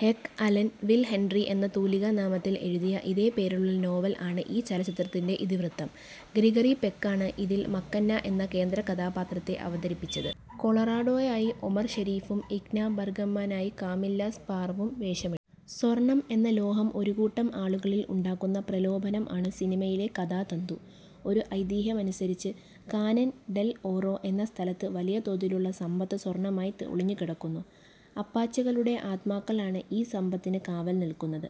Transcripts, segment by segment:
Hek Allen, Will Henry എന്ന തൂലികാ നാമത്തിൽ എഴുതിയ ഇതേ പേരിലുള്ള നോവൽ ആണ് ഈ ചലച്ചിത്രത്തിൻറെ ഇതിവൃത്തം. ഗ്രിഗറി പെക്ക് ആണ് ഇതിൽ മക്കെന്ന എന്നാ കേന്ദ്ര കഥാപാത്രത്തെ അവതരിപ്പിച്ചത് കൊളറാഡോയായി ഒമർ ഷെരീഫും ഇഗ്ന ബർഗ്മാനായി കാമില്ല സ്പാർവും വേഷമിട്ടു. സ്വർണം എന്ന ലോഹം ഒരു കൂട്ടം ആളുകളിൽ ഉണ്ടാകുന്ന പ്രലോഭനം ആണ് സിനിമയിലെ കഥാതന്തു. ഒരു ഐതിഹ്യമനുസരിച്ച് "കാനൻ ഡെൽ ഓറോ" എന്ന സ്ഥലത്ത് വലിയ തോതിലുള്ള സമ്പത്ത് സ്വർണ്ണമായി ഒളിഞ്ഞു കിടക്കുന്നു. അപ്പാച്ചെകളുടെ ആത്മാക്കളാണ് ഈ സമ്പത്തിനു കാവൽ നില്ക്കുന്നത്.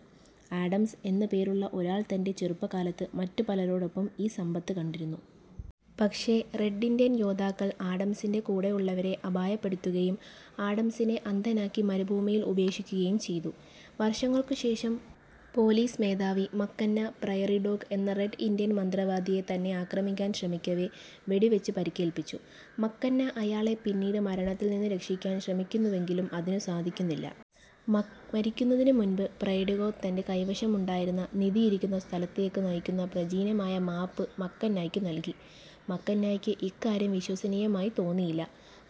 ആഡംസ് എന്നു പേരുള്ള ഒരാൾ തന്റെ ചെറുപ്പകാലത്ത് മറ്റു പലരോടൊപ്പം ഈ സമ്പത്ത് കണ്ടിരുന്നു. പക്ഷേ റെഡ് ഇന്ത്യൻ യോദ്ധാക്കൾ ആഡംസിന്റെ കൂടെയുള്ളവരെ അപായപ്പെടുത്തുകയും ആഡംസിനെ അന്ധനാക്കി മരുഭൂമിയിൽ ഉപേക്ഷിക്കുകയും ചെയ്തു. വർഷങ്ങൾക്കു ശേഷം പോലീസ് മേധാവി മക്കന്ന പ്രയറി ഡോഗ് എന്ന റെഡ് ഇന്ത്യൻ മന്ത്രവാദിയെ തന്നെ ആക്രമിക്കാൻ ശ്രമിക്കവേ വെടിവച്ചു പരിക്കേൽപ്പിച്ചു. മക്കന്ന അയാളെ പിന്നീട് മരണത്തിൽ നിന്നു രക്ഷിക്കാൻ ശ്രമിക്കുന്നുവെങ്കിലും അതിനു സാധിക്കുന്നില്ല. മരിക്കുന്നതിന് മുന്പ് പ്രയറിഡോഗ് തന്റെ കൈവശമുണ്ടായിരുന്ന നിധി ഇരിക്കുന്ന സ്ഥലത്തേയ്ക്കു നയിക്കുന്ന പ്രചീനമായ മാപ്പ് മക്കന്നായ്ക്കു നല്കി. മക്കന്നായ്ക്ക് ഇക്കാര്യം വിശ്വസനീയമായി തോന്നിയില്ല.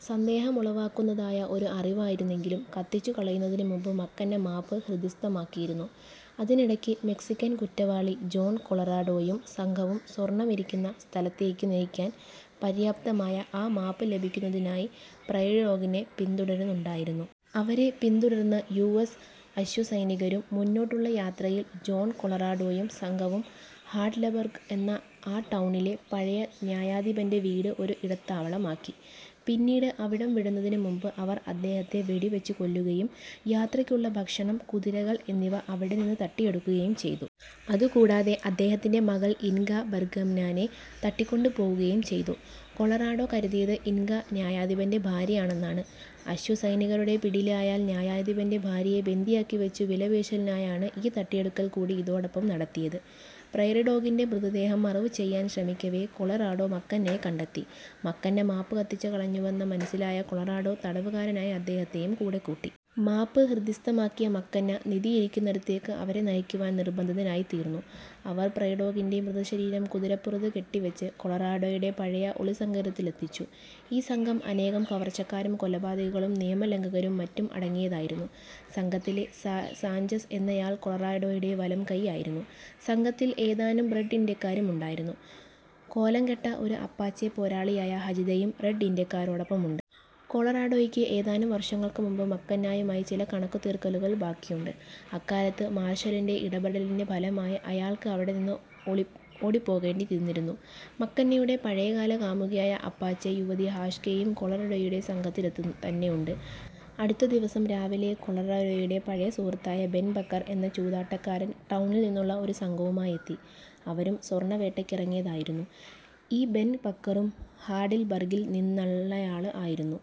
സന്ദേഹമുളവാക്കുന്നതായ ഒരു അറിവായിരുന്നെങ്കിലും കത്തിച്ചു കളയുന്നതിനു മുമ്പ് മക്കന്ന മാപ്പ് ഹൃദിസ്ഥമാക്കിയിരുന്നു. അതിനിടയ്ക്ക്, മെക്സിക്കൻ കുറ്റവാളി ജോൺ കൊളറാഡൊയും സംഘവും സ്വർണ്ണം ഇരിക്കുന്ന സ്ഥലത്തേയ്ക്കു നയിക്കാൻ പര്യാപ്തമായ ആ മാപ്പു ലഭിക്കുന്നതിനായി പ്രയറിഡോഗിനെ പിന്തുടരുന്നുണ്ടായിരുന്നു. അവരെ പിന്തുടർന്ന് യു. എസ്. അശ്വസൈനികരും. മുന്നോട്ടുള്ള യാത്രയിൽ ജോൺ കൊളറാഡൊയും സംഘവും ഹാഡ്ലെബർഗ് എന്ന ആ ടൌണിലെ പഴയ ന്യായാധിപന്റെ വീട് ഒരു ഇടത്താവളമാക്കി. പിന്നീട് അവിടം വിടുന്നതിനു മുമ്പ് അവർ അദ്ദേഹത്തെ വെടിവച്ചു കൊല്ലുകയും യാത്രയ്ക്കുള്ള ഭക്ഷണം, കുതിരകൾ എന്നിവ അവിടെ നിന്നു തട്ടിയെടുക്കുകയും ചെയ്തു. അതുകൂടാതെ അദ്ദേഹത്തിന്റെ മകൾ ഇന്ഗ ബർഗ്മാനെ തട്ടിക്കൊണ്ടു പോകുകയും ചെയ്തു. കൊളറാഡോ കരുതിയത് ഇന്ഗ ന്യായാധിപന്റെ ഭാര്യയാണെന്നാണ്. അശ്വസൈനികുരുടെ പിടിയിലായാൽ ന്യായാധിപന്റെ ഭാര്യയെ ബന്ദിയാക്കിവച്ചു വിലപേശലിനായാണ് ഈ തട്ടിയെടുക്കൽകൂടി ഇതോടൊപ്പം നടത്തിയത്. പ്രയറിഡോഗിന്റെ മൃതദേഹം മറവുചെയ്യാൻ ശ്രമിക്കവേ കൊളറാഡൊ, മക്കന്നയെ കണ്ടെത്തി. മക്കന്ന മാപ്പ് കത്തിച്ച കളഞ്ഞുവെന്നു മനസ്സിലായ കൊളറാഡൊ തടവുകാരനായി അദ്ദേഹത്തെയും കൂടെക്കൂട്ടി. മാപ്പ് ഹൃദിസ്ഥമാക്കിയ മക്കന്ന നിധിയിരിക്കുന്നിടത്തേയ്ക്കു അവരെ നയിക്കുവാൻ നിർബന്ധിതനായിത്തീർന്നു. അവർ പ്രയറിഡോഗിന്റെ മൃതശരീരം കുതിരപ്പുറത്തു കെട്ടിവച്ച് കൊളറാഡോയുടെ പഴയ ഒളിസങ്കേതിത്തിലെത്തിച്ചു. ഈ സംഘം അനേകം കവർച്ചക്കാരും കൊലപാതകികളും നിയമലംഘകരും മറ്റും അടങ്ങിയതായിരുന്നു. സംഘത്തിലെ സാഞ്ചസ് എന്നയാൾ കൊളറാഡോയുടെ വലംകൈയായിരുന്നു. സംഘത്തിൽ ഏതാനും റെഡ് ഇന്ത്യക്കാരുമുണ്ടായിരുന്നു. കോലംകെട്ട ഒരു അപ്പാച്ചെ പോരാളിയായ ഹചിതയും റെഡ് ഇന്ത്യാക്കാരോടൊപ്പമുണ്ട്. കൊളറാഡൊയ്ക്കു ഏതാനും വർഷങ്ങൾക്കു മുന്പ് മക്കന്നായുമായി ചില കണക്കു തീർക്കലുകൾ ബാക്കിയുണ്ട്. അക്കാലത്ത് മാർഷലിന്റെ ഇടപെടലിന്റെ ഫലമായി അയാള്ക്ക് അവിടെ നിന്ന് ഓടിപ്പോകേണ്ടി വന്നിരുന്നു. മക്കന്നയുടെ പഴയകാല കാമുകിയായ അപ്പാച്ചെ യുവതി ഹാഷ്കെ യും കൊളറാഡോയുടെ സംഘത്തില്ത്തന്നെയുണ്ട്. അടുത്ത ദിവസം രാവിലെ കൊളറാഡോയുടെ പഴയ സുഹൃത്തായ ബെൻ ബക്കർ എന്ന ചൂതാട്ടക്കാരൻ ടൌണിൽ നിന്നുള്ള ഒരു സംഘവുമായെത്തി. അവരും സ്വർണ്ണവേട്ടയ്ക്കിറങ്ങയതായിരുന്നു. ഈ ബെൻ ബക്കറും ഹാഡിൽബർഗിൽ നിന്നള്ളയാള് ആയിരുന്നു.